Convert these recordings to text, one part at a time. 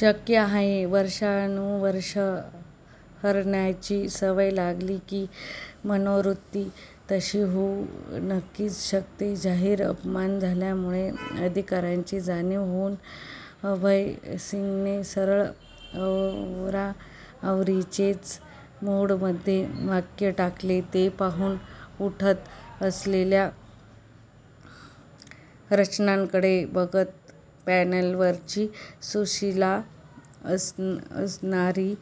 शक्यता आहे, वर्षानुवर्षे हारण्याची सवय लागली की मनोवृत्ती तशी होऊ नक्कीच शकते. " जाहीर अपमान झाल्यामुळे अधिकारांची जाणीव होऊन अभय सिंगने सरळ आवराआवरीच्याच मूडमध्ये वाक्य टाकले. ते पाहून उठत असलेल्या रचनाकडे बघत पॅनेलवरची सुशिला असरानी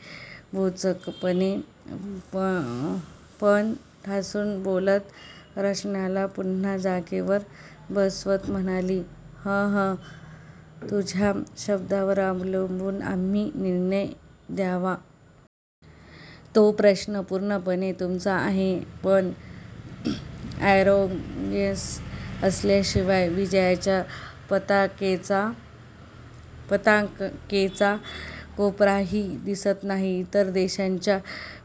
भोचकपणे पण ठासून बोलत रचनाला पुन्हा जागेवर बसवत म्हणाली, "हं-हं तुझ्या शब्दावर अवलंबून आम्ही निर्णय द्यावा? " "तो प्रश्न पूर्णपणे तुमचा आहे. पण अॅरोगन्स असल्याशिवाय विजयाच्या पताकेचा कोपराही दिसत नाही. इतर देशांच्या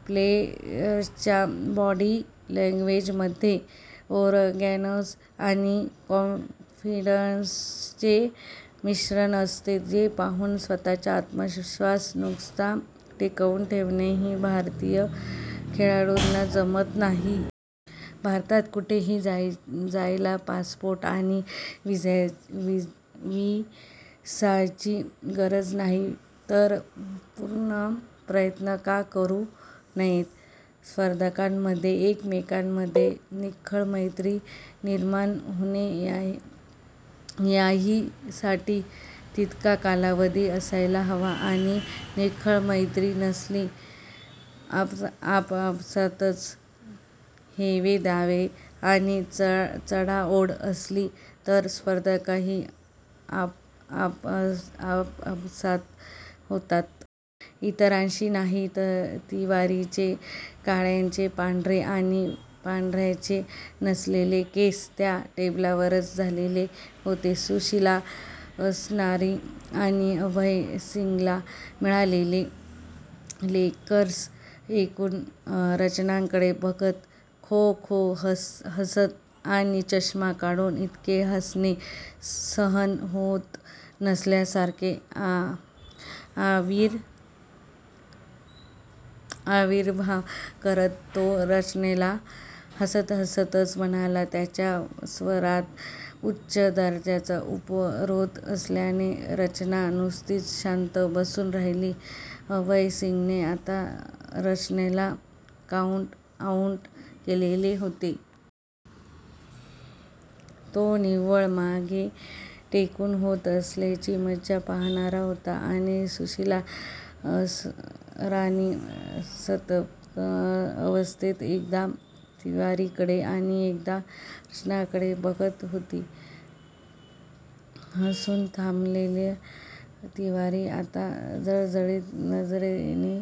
प्लेयर्सच्या बॉडी लॅन्ग्वेजमध्ये अॅरोगन्स आणि कॉन्फिडन्सचे मिश्रण असते. जे पाहून स्वतःचा आत्मविश्वास नुसता टिकवून ठेवणेही भारतीय खेळाडूंना जमत नाही. भारतात कुठेही जायला पासपोर्ट आणि व्हिसाची गरजच नाही, तर पूर्ण प्रयत्न का करू नयेत? स्पर्धकांमध्ये एकमेकांमध्ये निखळ मैत्री निर्माण होणे याहीसाठी तितका कालावधी असायला हवा, आणि निखळ मैत्री नसली. आपापसातच हेवेदावे आणि चढाओढ असली तरस्पर्धाही आपापसातच होतात. इतरांशी नाही." तिवारीचे काळ्याचे पांढरे आणि पांढर्याचे 'नसलेले' केस त्या टेबलवरच झालेले होते .सुशिला असरानी आणि अभय सिंगला मिळालेली लेक्चर्स ऐकून रचनाकडे बघत खोखो हासत आणि चष्मा काढून 'इतके हासणे' सहन होत नसल्यासारखे आविर्भाव करत तो रचनाला हासत हासतच म्हणाला, त्याच्या स्वरात उच्च दर्जाचा उपरोध असल्याने रचना नुसतीच शांत बसून राहिली, अभय सिंगने आता रचनाला काउन्ट आऊट केलेले होते. तो निव्वळ मागे टेकून होत असलेली मजा पाहणार होता... आणि सुशिला असरानी संतप्त अवस्थेत एकदा तिवारीकडे आणि एकदा रचनाकडे बघत होती. हसून थांबलेला तिवारी आता जळजळीत नजरेने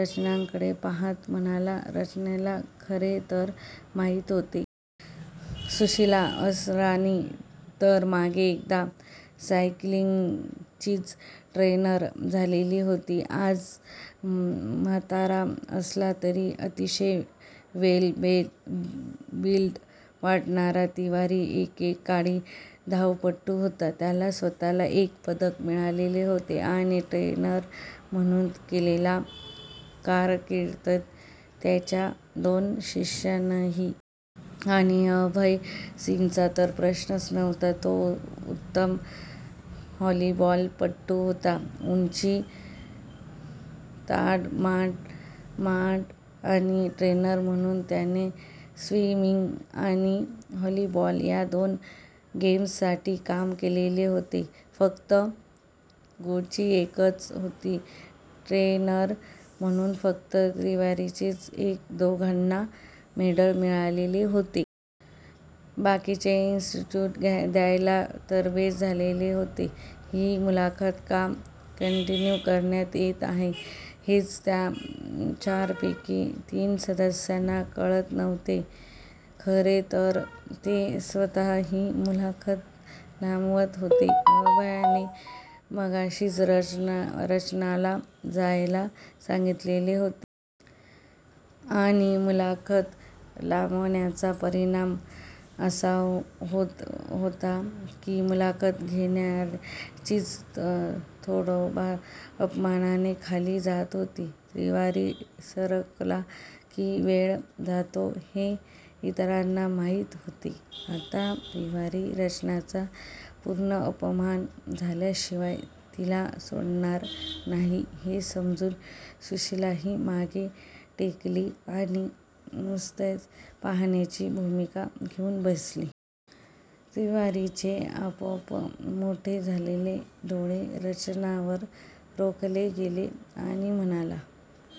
रचनाकडे पाहात म्हणाला. रचनाला खरे तर माहीत होते. सुशिला असरानी तर मागे एकदा सायकलिंगचीच ट्रेनर झालेली होती. आज म्हातारा असला तरी अतिशय वेल बिल्ट वाटणारा तिवारी एकेकाळी धावपटू होता. त्याला स्वतःला एक पदक मिळालेले होते आणि ट्रेनर म्हणून केलेल्या कारकीर्दीत त्याच्या दोन शिष्यांनाही. आणि अभय सिंगचा तर प्रश्नच नव्हता. तो उत्तम व्हॉलीबॉलपटू होता. उंची ताडमाड, आणि ट्रेनर म्हणून त्याने स्विमिंग आणि व्हॉलीबॉल या दोन गेम्ससाठी काम केलेले होते... फक्त गोची एकच होती. ट्रेनर म्हणून फक्त तिवारीच्याच एक दोघांना मेडल मिळालेले होते. बाकीचे इन्टरव्ह्यू घ्यायला तरबेज झालेले होते. ही मुलाखत का कन्टिन्यू करण्यात येत आहे हेच त्या चारपैकी तीन सदस्यांना कळत नव्हते, खरे तर ते स्वतःच ही मुलाखत लांबवत होते. अभयने मगाशीच रचनाला जायला सांगितलेले होते. आणि मुलाखत लांबण्याचा परिणाम असा होत होता की मुलाखत घेणार्यांचीच थोबाडं अपमानाने खाली जात होती. तिवारी सरकला की वेळ जातो हे इतरांना माहीत होते. आता तिवारी रचनाचा पूर्ण अपमान झाल्याशिवाय तिला सोडणार नाही हे समजून सुशिलाही मागे टेकली आणि नुसते पाहण्याची भूमिका घेऊन बसली... तिवारीचे आपोआप मोठे झालेले डोळे रचनावर रोखले गेले आणि म्हणाला.